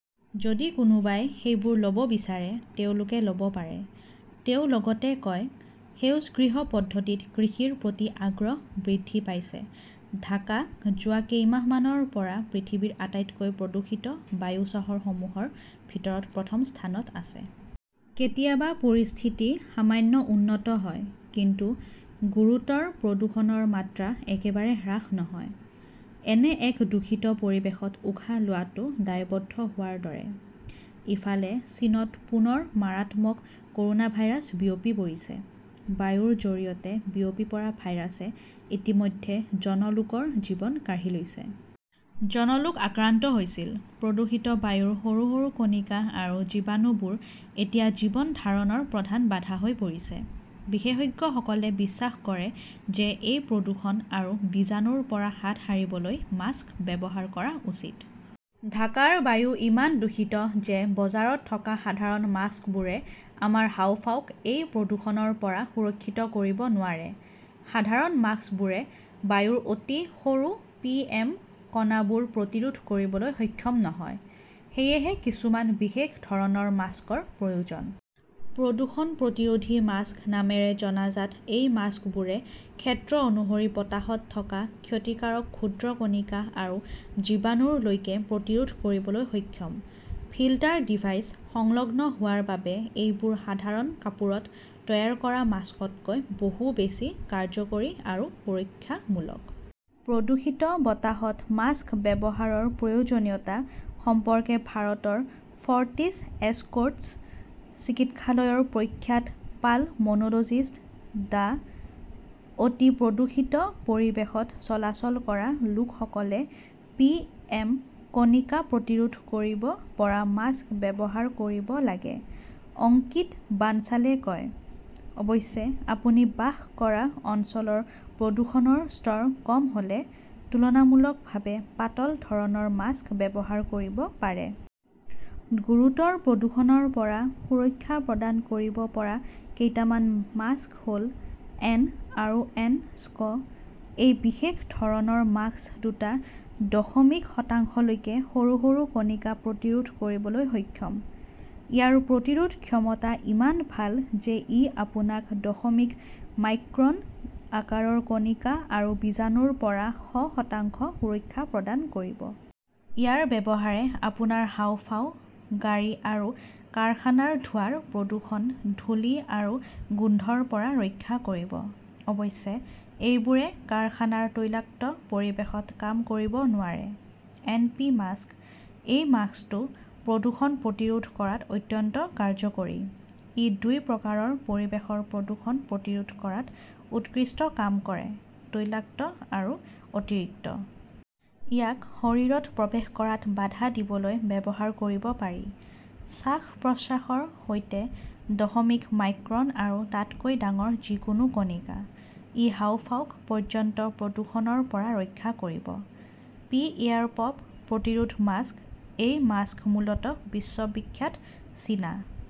"যদি কোনোবাই সেইবোৰ ল" ব বিচাৰে, তেওঁলোকে ল "ব পাৰে", তেওঁ লগতে কয়। সেউজ গৃহ পদ্ধতিত কৃষিৰ প্ৰতি আগ্ৰহ বৃদ্ধি পাইছে ঢাকা যোৱা কেইমাহমানৰ পৰা পৃথিৱীৰ আটাইতকৈ প্ৰদূষিত বায়ু চহৰসমূহৰ ভিতৰত প্ৰথম স্থানত আছে। কেতিয়াবা পৰিস্থিতি সামান্য উন্নত হয়, কিন্তু গুৰুতৰ প্ৰদূষণৰ মাত্ৰা একেবাৰে হ্ৰাস নহয়। এনে এক দূষিত পৰিৱেশত উশাহ লোৱাটো দায়বদ্ধ হোৱাৰ দৰে। ইফালে, চীনত পুনৰ মাৰাত্মক "কৰোনাভাইৰাছ" বিয়পি পৰিছে। বায়ুৰ জৰিয়তে বিয়পি পৰা ভাইৰাছে ইতিমধ্যে জন লোকৰ জীৱন কাঢ়ি লৈছে।, জন লোক আক্ৰান্ত হৈছিল। প্ৰদূষিত বায়ুৰ সৰু সৰু কণিকা আৰু জীৱাণুবোৰ এতিয়া জীৱন ধাৰণৰ প্ৰধান বাধা হৈ পৰিছে। বিশেষজ্ঞসকলে বিশ্বাস কৰে যে এই প্ৰদূষণ আৰু জীৱাণুৰ পৰা হাত সাৰিবলৈ মাস্ক ব্যৱহাৰ কৰা উচিত। ঢাকাৰ বায়ু ইমান দূষিত যে বজাৰত থকা সাধাৰণ মাস্কবোৰে আমাৰ হাঁওফাঁওক এই প্ৰদূষণৰ পৰা সুৰক্ষিত কৰিব নোৱাৰে। সাধাৰণ মাস্কবোৰে বায়ুৰ অতি সৰু "পিএম " কণাবোৰ প্ৰতিৰোধ কৰিবলৈ সক্ষম নহয়। সেয়েহে কিছুমান বিশেষ ধৰণৰ মাস্কৰ প্ৰয়োজন। "প্ৰদূষণ প্ৰতিৰোধী মাস্ক" নামেৰে জনাজাত এই মাস্কবোৰে ক্ষেত্ৰ অনুসৰি বতাহত থকা ক্ষতিকাৰক ক্ষুদ্ৰ কণিকা আৰু জীৱাণুৰ লৈকে প্ৰতিৰোধ কৰিবলৈ সক্ষম। "ফিল্টাৰ ডিভাইচ" সংলগ্ন হোৱাৰ বাবে এইবোৰ সাধাৰণ কাপোৰত তৈয়াৰ কৰা মাস্কতকৈ বহু বেছি কাৰ্যকৰী আৰু সুৰক্ষামূলক। প্ৰদূষিত বতাহত মাস্ক ব্যৱহাৰৰ প্ৰয়োজনীয়তা সম্পৰ্কে ভাৰতৰ ফৰ্টিছ এছকৰ্টছ চিকিৎসালয়ৰ প্ৰখ্যাত পালমোনোলজিষ্ট ডাঃ। "অতি প্ৰদূষিত পৰিৱেশত চলাচল কৰা লোকসকলে পিএম কণিকা প্ৰতিৰোধ কৰিব পৰা মাস্ক ব্যৱহাৰ কৰিব লাগে", অঙ্কিত বানছালে কয়। অৱশ্যে, আপুনি বাস কৰা অঞ্চলৰ প্ৰদূষণৰ স্তৰ কম হ "লে তুলনামূলকভাৱে পাতল ধৰণৰ মাস্ক ব্যৱহাৰ কৰিব পাৰে। "গুৰুতৰ প্ৰদূষণৰ পৰা সুৰক্ষা প্ৰদান কৰিব পৰা কেইটামান মাস্ক হ" ল-এন আৰু এন াস্কঃ এই বিশেষ ধৰণৰ মাস্ক দুটা দশমিক শতাংশলৈকে সৰু সৰু কণিকা প্ৰতিৰোধ কৰিবলৈ সক্ষম। ইয়াৰ প্ৰতিৰোধ ক্ষমতা ইমান ভাল যে ই আপোনাক দশমিক মাইক্ৰন আকাৰৰ কণিকা আৰু জীৱাণুৰ পৰা এশ শতাংশ সুৰক্ষা প্ৰদান কৰিব। ইয়াৰ ব্যৱহাৰে আপোনাৰ হাঁওফাঁও-গাড়ী আৰু কাৰখানাৰ ধোঁৱাৰ প্ৰদূষণ, ধূলি আৰু গোন্ধৰ পৰা ৰক্ষা কৰিব। অৱশ্যে, এইবোৰে কাৰখানাৰ তৈলাক্ত পৰিৱেশত কাম কৰিব নোৱাৰে। এন পি মাস্কঃ এই মাস্কটো প্ৰদূষণ প্ৰতিৰোধ কৰাত অত্যন্ত কাৰ্যকৰী। ই দুই প্ৰকাৰৰ পৰিৱেশৰ প্ৰদূষণ প্ৰতিৰোধ কৰাত উৎকৃষ্ট কাম কৰে-তৈলাক্ত আৰু অতিৰিক্ত। ইয়াক শৰীৰত প্ৰৱেশ কৰাত বাধা দিবলৈ ব্যৱহাৰ কৰিব পাৰি, শ্বাস-প্ৰশ্বাসৰ সৈতে দশমিক মাইক্ৰন আৰু তাতকৈ ডাঙৰ যিকোনো কণিকা। ই হাঁওফাঁওক পৰ্যন্ত প্ৰদূষণৰ পৰা ৰক্ষা কৰিব। পি এয়াৰপপ প্ৰতিৰোধ মাস্কঃ এই মাস্ক মূলতঃ বিশ্ববিখ্যাত চীনা